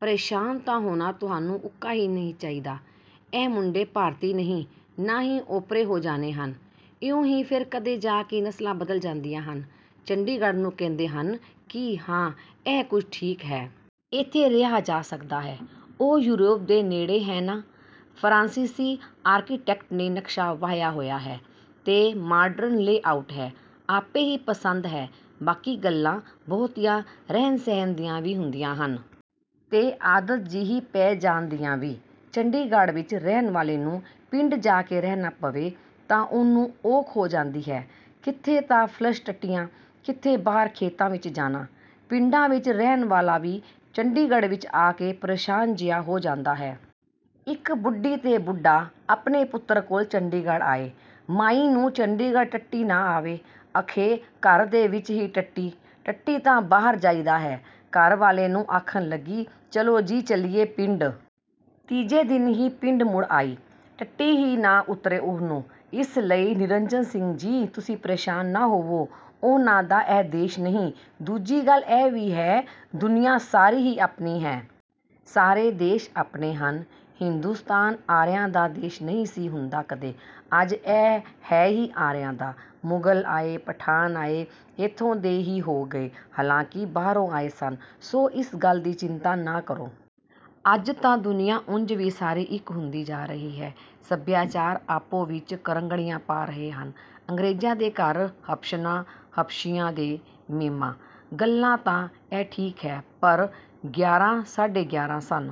ਪ੍ਰੇਸ਼ਾਨ ਤਾਂ ਹੋਣਾ ਤੁਹਾਨੂੰ ਉਕਾ ਹੀ ਨਹੀਂ ਚਾਹੀਦਾ। ਇਹ ਮੁੰਡੇ ਭਾਰਤੀ ਨਹੀਂ, ਨਾ ਹੀ ਓਪਰੇ ਹੋ ਜਾਣੇ ਹਨ। ਇਉਂ ਹੀ ਫੇਰ ਕਦੇ ਜਾ ਕੇ ਨਸਲਾਂ ਬਦਲ ਜਾਂਦੀਆਂ ਹਨ। " "ਚੰਡੀਗੜ੍ਹ ਨੂੰ ਕਹਿੰਦੇ ਹਨ ਕਿ ਹਾਂ ਇਹ ਕੁਝ ਠੀਕ ਹੈ। ਏਥੇ ਰਿਹਾ ਜਾ ਸਕਦਾ ਹੈ। " "ਉਹ ਯੂਰਪ ਦੇ ਨੇੜੇ ਹੈ ਨਾ। ਫ਼ਰਾਂਸੀਸੀ ਆਰਕੀਟੈਕਟ ਨੇ ਨਕਸ਼ਾ ਵਾਹਿਆ ਹੋਇਆ ਹੈ ਤੇ ਮਾਡਰਨ ਲੇਅ ਆਊਟ ਹੈ। ਆਪੇ ਹੀ ਪਸੰਦ ਹੈ। ਬਾਕੀ ਗੱਲਾਂ ਬਹੁਤੀਆਂ ਰਹਿਣ-ਸਹਿਣ ਦੀਆਂ ਵੀ ਹੁੰਦੀਆਂ ਹਨ। ਤੇ ਆਦਤ ਜਿਹੀ ਪੈ ਜਾਣ ਦੀਆਂ ਵੀ। ਚੰਡੀਗੜ੍ਹ ਵਿਚ ਰਹਿਣ ਵਾਲੇ ਨੂੰ ਪਿੰਡ ਜਾ ਕੇ ਰਹਿਣਾ ਪਵੇ ਤਾਂ ਉਹਨੂੰ ਔਖ ਹੋ ਜਾਂਦੀ ਹੈ। ਕਿਥੇ ਤਾਂ ਫਲਸ਼ ਟੱਟੀਆਂ, ਕਿਥੇ ਬਾਹਰ ਖੇਤਾਂ ਵਿਚ ਜਾਣਾ। ਪਿੰਡਾਂ ਵਿਚ ਰਹਿਣ ਵਾਲਾ ਵੀ ਚੰਡੀਗੜ੍ਹ ਵਿਚ ਆ ਕੇ ਪ੍ਰੇਸ਼ਾਨ ਜਿਹਾ ਹੋ ਜਾਂਦਾ ਹੈ। ਇਕ ਬੁੱਢੀ ਤੇ ਬੁੱਢਾ ਆਪਣੇ ਪੁੱਤਰ ਕੋਲ ਚੰਡੀਗੜ੍ਹ ਆਏ। ਮਾਈ ਨੂੰ ਚੰਡੀਗੜ੍ਹ ਟੱਟੀ ਨਾ ਆਵੇ। ਅਖੇ ਘਰ ਦੇ ਵਿਚ ਹੀ ਟੱਟੀ? ਟੱਟੀ ਤਾਂ ਬਾਹਰ ਜਾਈਦਾ ਹੈ। ਘਰ ਵਾਲੇ ਨੂੰ ਆਖਣ ਲੱਗੀ, "ਚੱਲੋ ਜੀ, ਚੱਲੀਏ ਪਿੰਡ। " ਤੀਜੇ ਦਿਨ ਹੀ ਪਿੰਡ ਮੁੜ ਆਈ। ਟੱਟੀ ਹੀ ਨਾ ਉਤਰੇ ਉਹਨੂੰ। ਇਸ ਲਈ ਨਿਰੰਜਨ ਸਿੰਘ ਜੀ, ਤੁਸੀਂ ਪ੍ਰੇਸ਼ਾਨ ਨਾ ਹੋਵੋ। ਉਹਨਾਂ ਦਾ ਇਹ ਦੇਸ਼ ਨਹੀਂ। ਦੂਜੀ ਗੱਲ ਇਹ ਵੀ ਹੈ, ਦੁਨੀਆਂ ਸਾਰੀ ਹੀ ਆਪਣੀ ਹੈ। ਸਾਰੇ ਦੇਸ਼ ਆਪਣੇ ਹਨ। ਹਿੰਦੁਸਤਾਨ ਆਰੀਆਂ ਦਾ ਦੇਸ਼ ਨਹੀਂ ਸੀ ਹੁੰਦਾ ਕਦੇ, ਅੱਜ ਇਹ ਹੈ ਹੀ ਆਰੀਆਂ ਦਾ। ਮੁਗਲ ਆਏ, ਪਠਾਨ ਆਏ, ਏਥੋਂ ਦੇ ਹੀ ਹੋ ਗਏ। ਹਾਲਾਂਕਿ ਬਾਹਰੋਂ ਆਏ ਸਨ। ਸੋ ਇਸ ਗੱਲ ਦੀ ਚਿੰਤਾ ਨਾ ਕਰੋ। ਅੱਜ ਤਾਂ ਦੁਨੀਆਂ ਉਂਝ ਵੀ ਸਾਰੀ ਇਕ ਹੁੰਦੀ ਜਾ ਰਹੀ ਹੈ। ਸੱਭਿਆਚਾਰ ਆਪੋ ਵਿਚ ਕਰੰਗੜੀਆਂ ਪਾ ਰਹੇ ਹਨ। ਅੰਗਰੇਜ਼ਾਂ ਦੇ ਘਰ ਹਬਸ਼ਣਾਂ, ਹਬਸ਼ੀਆਂ ਦੇ ਮੇਮਾਂ। " "ਗੱਲ ਤਾਂ ਇਹ ਠੀਕ ਹੈ, ਪਰ…. " ਗਿਆਰਾਂ ਸਾਢੇ ਗਿਆਰ੍ਹਾਂ ਸਨ।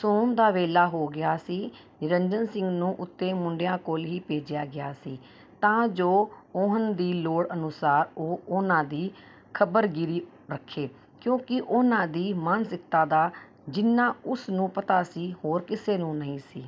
ਸੌਣ ਦਾ ਵੇਲਾ ਹੋ ਗਿਆ ਸੀ। ਨਿਰੰਜਣ ਸਿੰਘ ਨੂੰ ਉਤੇ ਮੁੰਡਿਆਂ ਕੋਲ ਹੀ ਭੇਜਿਆ ਗਿਆ ਸੀ ਤਾਂ ਜੋ ਉਹਨ ਦੀ ਲੋੜ ਅਨੁਸਾਰ ਉਹ ਉਹਨਾਂ ਦੀ ਖਬਰਗੀਰੀ ਰੱਖੇ ਕਿਉਂਕਿ ਉਹਨਾਂ ਦੀ ਮਾਨਸਿਕਤਾ ਦਾ ਜਿੰਨਾ ਉਸ ਨੂੰ ਪਤਾ ਸੀ, ਹੋਰ ਕਿਸੇ ਨੂੰ ਨਹੀਂ ਸੀ।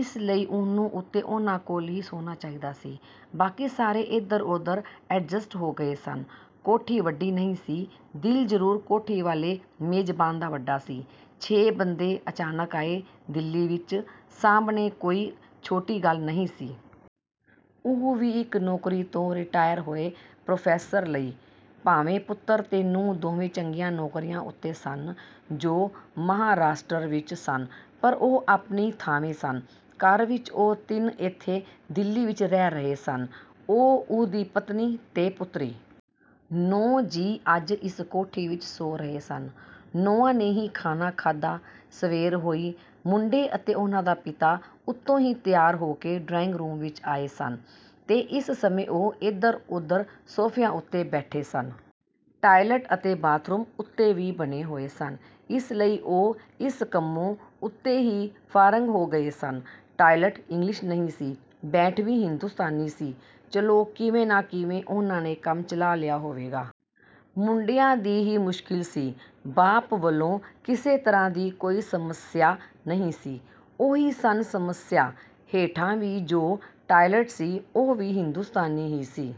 ਇਸ ਲਈ ਉਹਨੂੰ ਉਤੇ ਉਹਨਾਂ ਕੋਲ ਹੀ ਸੌਣਾ ਚਾਹੀਦਾ ਸੀ। ਬਾਕੀ ਸਾਰੇ ਏਧਰ-ਉਧਰ ਐਡਜਸਟ ਹੋ ਗਏ ਸਨ। ਕੋਠੀ ਵੱਡੀ ਨਹੀਂ ਸੀ, ਦਿਲ ਜਰੂਰ ਕੋਠੀ ਵਾਲੇ ਮੇਜ਼ਬਾਨ ਦਾ ਵੱਡਾ ਸੀ। ਛੇ ਬੰਦੇ ਅਚਾਨਕ ਆਏ ਦਿੱਲੀ ਵਿਚ ਸਾਂਭਣੇ ਕੋਈ ਛੋਟੀ ਗੱਲ ਨਹੀਂ ਸੀ। ਉਹ ਵੀ ਇਕ ਨੌਕਰੀ ਤੋਂ ਰਿਟਾਇਰ ਹੋਏ ਪ੍ਰੋਫੈਸਰ ਲਈ। ਭਾਵੇਂ ਪੁੱਤਰ ਤੇ ਨੂੰਹ ਦੋਵੇਂ ਚੰਗੀਆਂ ਨੌਕਰੀਆਂ ਉਤੇ ਸਨ ਜੋ ਮਹਾਂਰਾਸ਼ਟਰ ਵਿਚ ਸਨ ਪਰ ਉਹ ਆਪਣੀ ਥਾਵੇਂ ਸਨ। ਘਰ ਵਿਚ ਉਹ ਤਿੰਨ ਇੱਥੇ ਦਿੱਲੀ ਵਿਚ ਰਹਿ ਰਹੇ ਸਨ, ਉਹ, ਉਹਦੀ ਪਤਨੀ, ਤੇ ਪੁੱਤਰੀ। ਨੌਂ ਜੀਅ ਅੱਜ ਇਸ ਕੋਠੀ ਵਿਚ ਸੌਂ ਰਹੇ ਸਨ। ਨੌਆਂ ਨੇ ਹੀ ਖਾਣਾ ਖਾਧਾ। ਸਵੇਰ ਹੋਈ। ਮੁੰਡੇ ਅਤੇ ਉਹਨਾਂ ਦਾ ਪਿਤਾ ਉਤੋਂ ਹੀ ਤਿਆਰ ਹੋ ਕੇ ਡਰਾਇੰਗ ਰੂਮ ਵਿਚ ਆਏ ਸਨ ਤੇ ਇਸ ਸਮੇਂ ਉਹ ਏਧਰ-ਉਧਰ ਸੋਫ਼ਿਆਂ ਉਤੇ ਬੈਠੇ ਸਨ। ਟਾਇਲਟ ਅਤੇ ਬਾਥਰੂਮ ਉਤੇ ਵੀ ਬਣੇ ਹੋਏ ਸਨ। ਇਸ ਲਈ ਉਹ ਇਸ ਕੰਮੋਂ ਉਤੇ ਹੀ ਫ਼ਾਰਿਗ ਹੋ ਗਏ ਸਨ। ਟਾਇਲਟ ਇੰਗਲਿਸ਼ ਨਹੀਂ ਸੀ, ਬੈਠਵੀਂ ਹਿੰਦੂਸਤਾਨੀ ਸੀ। ਚਲੋ, ਕਿਵੇਂ ਨਾ ਕਿਵੇਂ ਉਹਨਾਂ ਨੇ ਕੰਮ ਚਲਾ ਲਿਆ ਹੋਵੇਗਾ। ਮੁੰਡਿਆਂ ਦੀ ਹੀ ਮੁਸ਼ਕਿਲ ਸੀ। ਬਾਪ ਵਲੋਂ ਕਿਸੇ ਤਰ੍ਹਾਂ ਦੀ ਕੋਈ ਸਮੱਸਿਆ ਨਹੀਂ ਸੀ। ਉਹੀ ਸਨ ਸਮੱਸਿਆ। ਹੇਠਾਂ ਵੀ ਜੋ ਟਾਇਲਟ ਸੀ, ਉਹ ਵੀ ਹਿੰਦੂਸਤਾਨੀ ਹੀ ਸੀ।